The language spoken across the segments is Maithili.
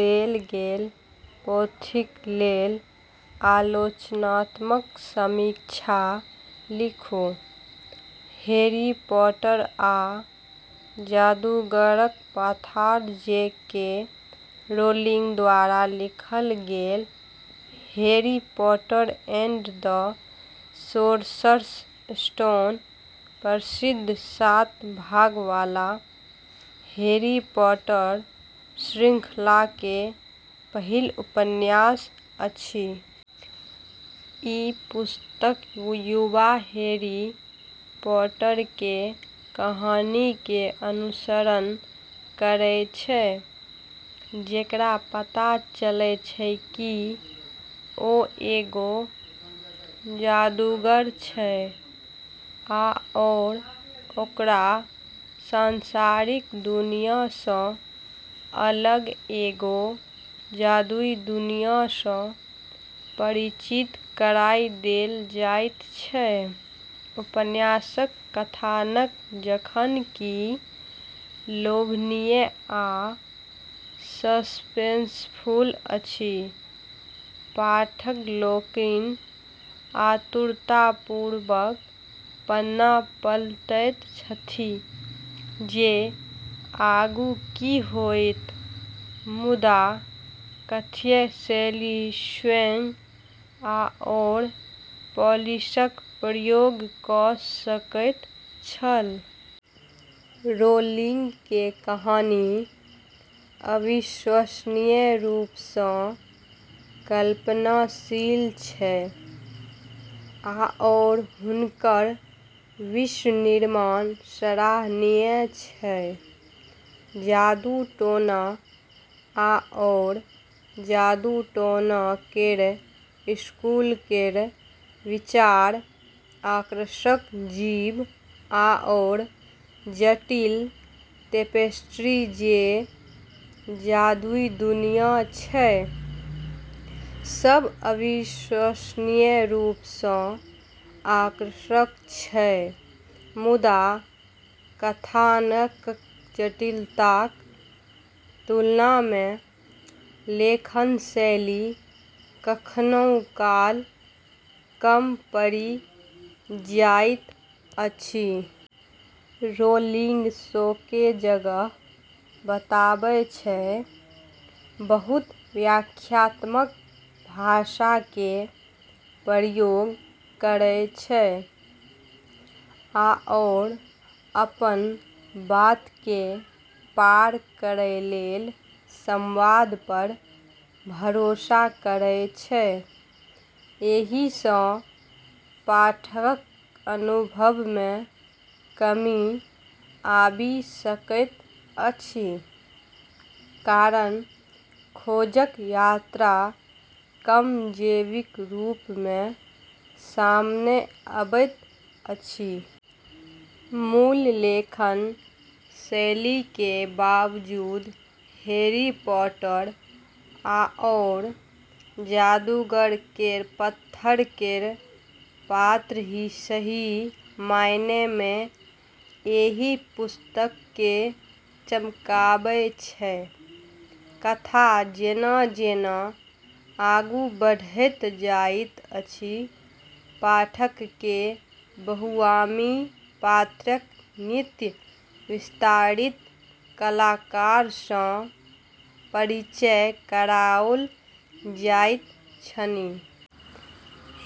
देल गेल पोथीक लेल आलोचनात्मक समीक्षा लिखू। हैरी पॉटर आ जादूगरक पाथर जे. के. रोलिंग द्वारा लिखल गेल Harry Potter and the Sorcerer's Stone प्रसिद्ध सात भाग वाला हैरी पॉटर श्रृंखलाके पहिल उपन्यास अछि। ई पुस्तक युवा हैरी पॉटरके कहानीके अनुसरण करै छै, जेकरा पता चलै छै कि ओ एगो जादूगर छै आओर ओकरा सांसारिक दुनियासँ अलग एगो जादुई दुनियासँ परिचित कराइ देल जाइत छै। उपन्यासक कथानक जखन कि लोभनीय आ सस्पेंसफुल अछि, पाठक लोकनि आतुरतापूर्वक पन्ना पलटैत छथि जे आगू की होइत, मुदा कथ्य शैली स्वयं आओर पालिशक प्रयोग क' सकैत छल। रोलिंगके कहानी अविश्वसनीय रूपसँ कल्पनाशील छै आओर हुनकर विश्व-निर्माण सराहनीय छै। जादू-टोना आओर जादू-टोना केर स्कूल केर विचार, आकर्षक जीव, आओर जटिल टेपेस्ट्री जे जादुई दुनिया छै, सब अविश्वसनीय रूपसँ आकर्षक छै। मुदा कथानकक जटिलताक तुलनामे लेखन शैली कखनऊ काल कम पड़ि जाइत अछि। रोलिंग शोके जगह बताबै छै, बहुत व्याख्यात्मक भाषाके प्रयोग करै छै आओर अपन बातके पार करै लेल संवाद पर भरोसा करै छै। एहिसँ पाठकक अनुभवमे कमी आबि सकैत अछि, कारण खोजक यात्रा कम जैविक रूपमे सामने अबैत अछि। मूल लेखन शैलीके बावजूद हैरी पॉटर आओर जादूगर केर पत्थर केर पात्र ही सही मायनेमे एहि पुस्तकके चमकाबै छै। कथा जेना-जेना आगू बढ़ैत जाइत अछि, पाठककेँ बहुआयामी पात्रक नित्य विस्तारित कलाकारसँ परिचय कराओल जाइत छनि।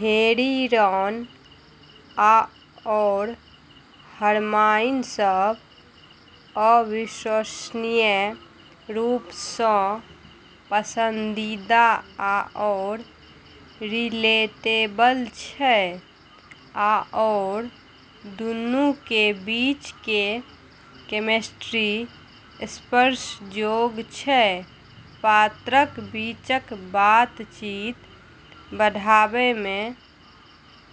हैरी, रॉन, आओर हरमाइन सब अविश्वसनीय रूपसँ पसंदीदा आओर रिलेटेबल छै, आओर दुन्नूके बीचके केमिस्ट्री स्पर्शजोग छै। पात्रक बीचक बातचीत पढ़बामे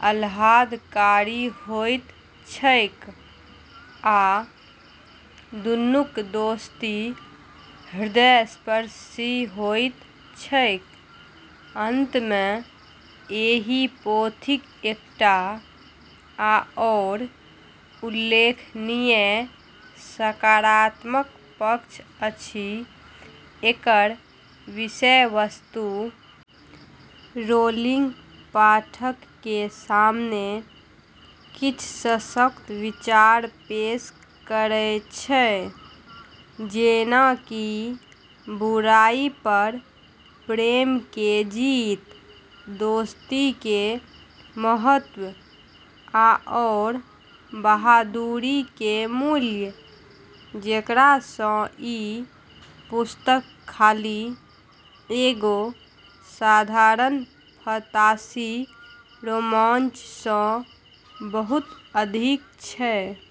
आह्लादकारी होइत छैक, आ दुन्नूक दोस्ती हृदयस्पर्शी होइत छैक। अंतमे एहि पोथीक एकटा आओर उल्लेखनीय सकारात्मक पक्ष अछि एकर विषय-वस्तु। रोलिंग पाठकके सामने किछ सशक्त विचार पेश करै छै जेना कि बुराई पर प्रेमके जीत, दोस्तीके महत्व, आओर बहादुरीके मूल्य, जेकरा सँ ई पुस्तक खाली एगो साधारण फंतासी रोमांचसँ बहुत अधिक छै।